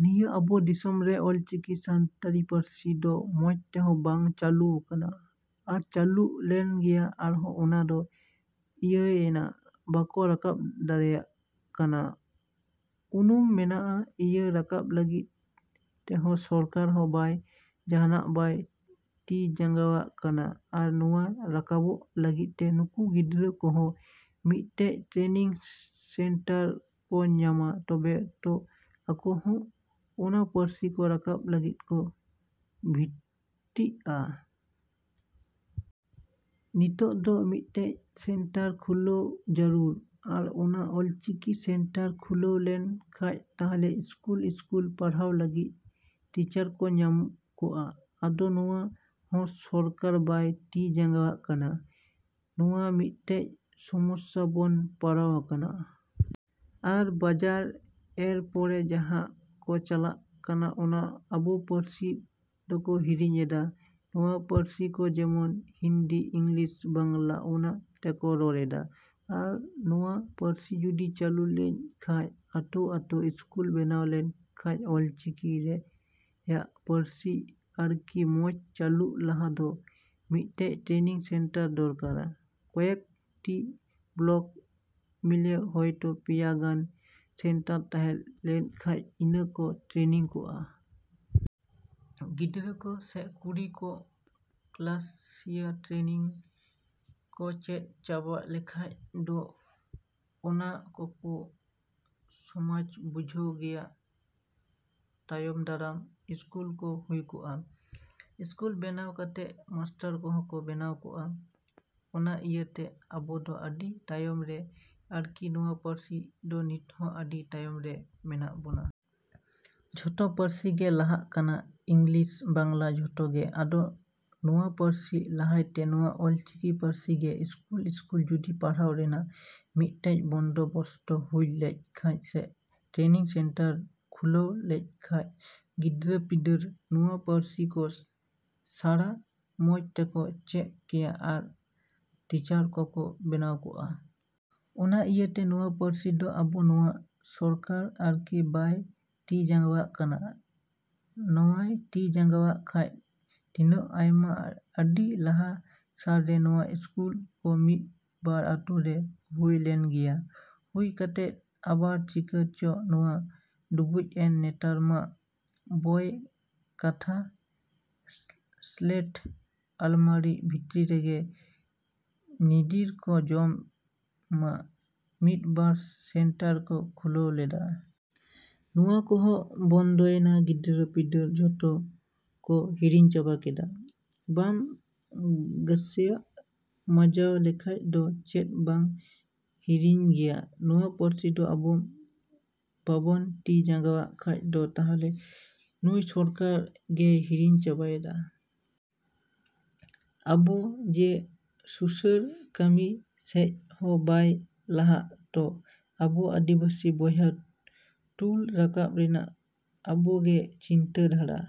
ᱱᱤᱭᱟᱹ ᱟᱵᱚ ᱫᱤᱥᱚᱢ ᱨᱮ ᱚᱞ ᱪᱤᱠᱤ ᱥᱟᱱᱛᱟᱲᱤ ᱯᱟᱹᱨᱥᱤ ᱫᱚ ᱢᱚᱸᱡᱽ ᱛᱮᱦᱚᱸ ᱵᱟᱝ ᱪᱟᱞᱩ ᱟᱠᱟᱱᱟ᱾ ᱟᱨ ᱪᱟᱞᱩᱜ ᱞᱮᱱ ᱜᱮᱭᱟ ᱟᱨᱦᱚᱸ ᱚᱱᱟ ᱫᱚ ᱤᱭᱟᱹᱭᱮᱱᱟ ᱵᱟᱠᱚ ᱨᱟᱠᱟᱵ ᱫᱟᱲᱮᱭᱟᱜ ᱠᱟᱱᱟ᱾ ᱩᱱᱩᱢ ᱢᱮᱱᱟᱜᱼᱟ, ᱤᱭᱟᱹ ᱨᱟᱠᱟᱵ ᱞᱟᱹᱜᱤᱫ ᱛᱮᱦᱚᱸ ᱥᱚᱨᱠᱟᱨ ᱦᱚᱸ ᱵᱟᱭ ᱡᱟᱦᱟᱸᱱᱟᱜ ᱵᱟᱭ ᱛᱤ ᱡᱟᱸᱜᱟᱣᱟᱜ ᱠᱟᱱᱟ ᱟᱨ ᱱᱚᱣᱟ ᱨᱟᱠᱟᱵᱚᱜ ᱞᱟᱹᱜᱤᱫ ᱛᱮ ᱱᱩᱠᱩ ᱜᱤᱫᱽᱨᱟᱹ ᱠᱚᱦᱚᱸ ᱢᱤᱫᱴᱮᱡ ᱴᱨᱮᱱᱤᱝ ᱥᱮᱱᱴᱟᱨ ᱠᱚ ᱧᱟᱢᱟ ᱛᱚᱵᱮ ᱛᱚ, ᱟᱠᱚ ᱦᱚᱸ ᱚᱱᱟ ᱯᱟᱨᱥᱤ ᱠᱚ ᱨᱟᱠᱟᱵ ᱞᱟᱹᱜᱤᱫ ᱠᱚ ᱵᱷᱚᱛᱛᱤᱜᱼᱟ? ᱱᱤᱛ ᱫᱚ ᱢᱤᱫᱴᱮᱡ ᱥᱮᱱᱴᱟᱨ ᱠᱷᱩᱞᱟᱹᱣ ᱡᱟᱹᱨᱩᱲ᱾ ᱟᱨ ᱚᱱᱟ ᱚᱞ ᱪᱤᱠᱤ ᱥᱮᱱᱴᱟᱨ ᱠᱷᱩᱞᱟᱹᱣ ᱞᱮᱱ ᱠᱷᱟᱡ ᱛᱟᱦᱞᱮ ᱤᱥᱠᱩᱞᱼᱤᱥᱠᱩᱞ ᱯᱟᱲᱦᱟᱣ ᱞᱟᱹᱜᱤᱫ ᱴᱤᱪᱟᱹᱨ ᱠᱚ ᱧᱟᱢ ᱠᱚᱜᱼᱟ᱾ ᱟᱫᱚ ᱱᱚᱣᱟ ᱦᱚᱸ ᱥᱚᱨᱠᱟᱨ ᱵᱟᱭ ᱛᱤ ᱡᱟᱸᱜᱟᱣᱟᱜ ᱠᱟᱱᱟ᱾ ᱱᱚᱣᱟ ᱢᱤᱫᱴᱮᱡ ᱥᱚᱢᱚᱥᱥᱟ ᱵᱚᱱ ᱯᱟᱲᱟᱣ ᱟᱠᱟᱱᱟ᱾ ᱟᱨ ᱵᱟᱡᱟᱨ ᱮᱨ ᱯᱚᱨᱮ ᱡᱟᱦᱟᱸᱭ ᱠᱚ ᱪᱟᱞᱟᱜ ᱠᱟᱱᱟ ᱚᱱᱟ ᱟᱵᱚ ᱯᱟᱹᱨᱥᱤ ᱫᱚᱠᱚ ᱦᱤᱲᱤᱧ ᱮᱫᱟ, ᱱᱚᱣᱟ ᱯᱟᱹᱨᱥᱤ ᱠᱚ ᱡᱮᱢᱚᱱ ᱦᱤᱱᱫᱤ, ᱤᱝᱞᱤᱥ, ᱵᱟᱝᱞᱟ ᱚᱱᱟ ᱛᱮᱠᱚ ᱨᱚᱲ ᱮᱫᱟ᱾ ᱟᱨ ᱱᱚᱣᱟ ᱯᱟᱹᱨᱥᱤ ᱡᱩᱫᱤ ᱪᱟᱞᱩ ᱞᱮᱱ ᱠᱷᱟᱡ ᱟᱛᱳᱼᱟᱛᱳ ᱤᱥᱠᱩᱞ ᱵᱮᱱᱟᱣ ᱞᱮᱱ ᱠᱷᱟᱡ ᱚᱞ ᱪᱤᱠᱤ ᱨᱮᱭᱟᱜ ᱯᱟᱨᱥᱤ ᱟᱨᱠᱤ ᱢᱚᱸᱡᱽ ᱪᱟᱹᱞᱩᱜ ᱞᱟᱦᱟ ᱫᱚ ᱢᱤᱫᱴᱮᱡ ᱴᱨᱮᱱᱤᱝ ᱥᱮᱱᱴᱟᱨ ᱫᱚᱨᱠᱟᱨᱟ ᱠᱚᱭᱮᱠ ᱴᱤ ᱵᱞᱚᱠ ᱢᱤᱞᱮ ᱦᱚᱭ ᱛᱚ ᱯᱮᱭᱟ ᱜᱟᱱ ᱥᱮᱱᱴᱟᱨ ᱛᱟᱦᱮᱸ ᱞᱮᱱ ᱠᱷᱟᱡ ᱤᱱᱟᱹ ᱠᱚ ᱴᱨᱮᱱᱤᱝ ᱠᱚᱜᱼᱟ᱾ ᱜᱤᱫᱽᱨᱟᱹ ᱠᱚ ᱥᱮ ᱠᱩᱲᱤ ᱠᱚ ᱠᱞᱟᱥᱤᱭᱟ ᱴᱨᱮᱱᱤᱝ ᱠᱚ ᱪᱮᱫ ᱪᱟᱵᱟ ᱞᱮᱠᱷᱟᱡ ᱫᱚ ᱚᱱᱟ ᱠᱚᱠᱩ ᱥᱤᱢᱚᱸᱡᱽ ᱵᱩᱡᱷᱟᱹᱜ ᱜᱮᱭᱟ ᱛᱟᱭᱚᱢ ᱫᱟᱨᱟᱢ ᱤᱥᱠᱩᱞ ᱠᱚ ᱦᱩᱭ ᱠᱚᱜᱼᱟ᱾ ᱤᱥᱠᱩᱞ ᱵᱮᱱᱟᱣ ᱠᱟᱛᱮᱫ ᱢᱟᱥᱴᱟᱨ ᱠᱚᱦᱚᱸ ᱠᱚ ᱵᱮᱱᱟᱣ ᱠᱚᱜᱼᱟ᱾ ᱚᱱᱟ ᱤᱭᱟᱹᱛᱮ ᱟᱵᱚ ᱫᱚ ᱟᱰᱤ ᱛᱟᱭᱚᱢ ᱨᱮ ᱟᱨᱠᱤ ᱱᱚᱣᱟ ᱯᱟᱹᱨᱥᱤ ᱫᱚ ᱱᱤᱛ ᱦᱚᱸ ᱟᱹᱰᱤ ᱛᱟᱭᱚᱢ ᱨᱮ ᱢᱮᱱᱟᱜ ᱵᱚᱱᱟ᱾ ᱡᱚᱛᱚ ᱯᱟᱹᱨᱥᱤ ᱜᱮ ᱞᱟᱦᱟᱜ ᱠᱟᱱᱟ᱾ ᱤᱝᱞᱤᱥ, ᱵᱟᱝᱞᱟ ᱡᱚᱛᱚ ᱜᱮ ᱟᱫᱚ ᱱᱚᱣᱟ ᱯᱟᱹᱨᱥᱤ ᱞᱟᱦᱟᱭ ᱛᱮ ᱱᱚᱣᱟ ᱚᱞ ᱪᱤᱠᱤ ᱯᱟᱨᱥᱤ ᱜᱮ ᱤᱥᱠᱩᱞᱼᱤᱥᱠᱩᱞ ᱡᱩᱫᱤ ᱯᱟᱲᱦᱟᱣ ᱨᱮᱭᱟᱜ ᱢᱤᱫᱴᱮᱡ ᱵᱚᱱᱫᱚᱵᱚᱥᱛᱚ ᱦᱩᱭ ᱞᱮᱱ ᱠᱷᱟᱡ ᱥᱮ ᱴᱨᱮᱱᱤᱝ ᱥᱮᱱᱴᱟᱨ ᱠᱷᱩᱞᱟᱹᱣ ᱞᱮᱱ ᱠᱷᱟᱡ ᱜᱤᱫᱽᱨᱟᱹ ᱯᱤᱫᱽᱨᱟᱹ ᱱᱚᱣᱟ ᱯᱟᱹᱨᱥᱤ ᱫᱚ ᱥᱟᱨᱟ ᱢᱚᱸᱡᱽ ᱛᱮᱠᱚ ᱪᱮᱫ ᱠᱮᱭᱟ ᱟᱨ ᱴᱤᱪᱟᱹᱨ ᱠᱚᱠᱚ ᱵᱮᱱᱟᱣ ᱠᱚᱜᱼᱟ᱾ ᱚᱱᱟ ᱤᱭᱟᱹᱛᱮ ᱱᱚᱣᱟ ᱯᱟᱹᱨᱥᱤ ᱫᱚ ᱟᱵᱚ ᱱᱚᱣᱟ ᱥᱚᱨᱠᱟᱨ ᱟᱨᱠᱤ ᱵᱟᱭ ᱛᱤ ᱡᱟᱸᱜᱟᱣᱟᱜ ᱠᱟᱱᱟ᱾ ᱱᱚᱣᱟᱭ ᱛᱤ ᱡᱟᱸᱜᱟᱣᱟᱜ ᱠᱷᱟᱡ ᱛᱤᱱᱟᱹᱜ ᱟᱭᱢᱟ ᱟᱰᱤ ᱞᱟᱦᱟ ᱥᱟᱞ ᱨᱮ ᱱᱚᱣᱟ ᱤᱥᱠᱩᱞ ᱠᱚ ᱢᱤᱫ ᱵᱟᱨ ᱟᱹᱛᱩ ᱨᱮ ᱦᱩᱭ ᱞᱮᱱ ᱜᱮᱭᱟ ᱦᱩᱭ ᱠᱟᱛᱮᱫ ᱟᱵᱟᱨ ᱪᱤᱠᱟ ᱪᱚ ᱱᱚᱣᱟ ᱰᱩᱵᱩᱡ ᱮᱱ ᱱᱮᱛᱟᱨ ᱢᱟ ᱵᱚᱭ ᱠᱷᱟᱛᱟ ᱥᱞᱮᱴ ᱟᱞᱢᱟᱨᱤ ᱵᱷᱤᱛᱨᱤ ᱨᱮᱜᱮ ᱧᱤᱫᱤᱨ ᱠᱚ ᱡᱚᱢᱟ ᱢᱤᱫ ᱵᱟᱨ ᱥᱮᱱᱴᱟᱨ ᱠᱚ ᱠᱷᱩᱞᱟᱹᱣ ᱞᱮᱫᱟ᱾ ᱱᱚᱣᱟ ᱠᱚᱦᱚᱸ ᱵᱚᱱᱫᱚᱭᱮᱱᱟ ᱜᱤᱫᱽᱨᱟᱹ ᱯᱤᱫᱽᱨᱟᱹ ᱡᱚᱛᱚ ᱠᱚ ᱦᱤᱲᱤᱧ ᱪᱟᱵᱟ ᱠᱮᱫᱟ᱾ ᱵᱟᱢ ᱜᱟᱥᱟᱣ ᱢᱟᱧᱡᱟᱣ ᱞᱮᱠᱷᱟᱡ ᱫᱚ ᱪᱮᱫ ᱵᱟᱢ ᱦᱤᱲᱤᱧ ᱜᱮᱭᱟ! ᱱᱚᱣᱟ ᱯᱟᱹᱨᱥᱤ ᱫᱚ ᱟᱵᱚ ᱵᱟᱵᱚᱱ ᱛᱤ ᱡᱟᱸᱜᱟᱣᱟᱜ ᱠᱷᱟᱡ ᱫᱚ ᱛᱟᱦᱞᱮ ᱱᱩᱭ ᱥᱚᱨᱠᱟᱨ ᱜᱮᱭ ᱦᱤᱲᱤᱧ ᱪᱟᱵᱟᱭᱮᱫᱟ᱾ ᱟᱵᱚ ᱡᱮ ᱥᱩᱥᱟᱹᱨ ᱠᱟᱹᱢᱤ ᱥᱮᱡ ᱦᱚᱸ ᱵᱟᱭ ᱞᱟᱦᱟᱜ ᱛᱚ ᱟᱵᱚ ᱟᱫᱤᱵᱟᱥᱤ ᱵᱚᱭᱦᱟ ᱛᱩᱞ ᱨᱟᱠᱟᱵ ᱨᱮᱭᱟᱜ ᱟᱵᱚ ᱜᱮ ᱪᱤᱱᱛᱟᱹ ᱫᱷᱟᱨᱟ᱾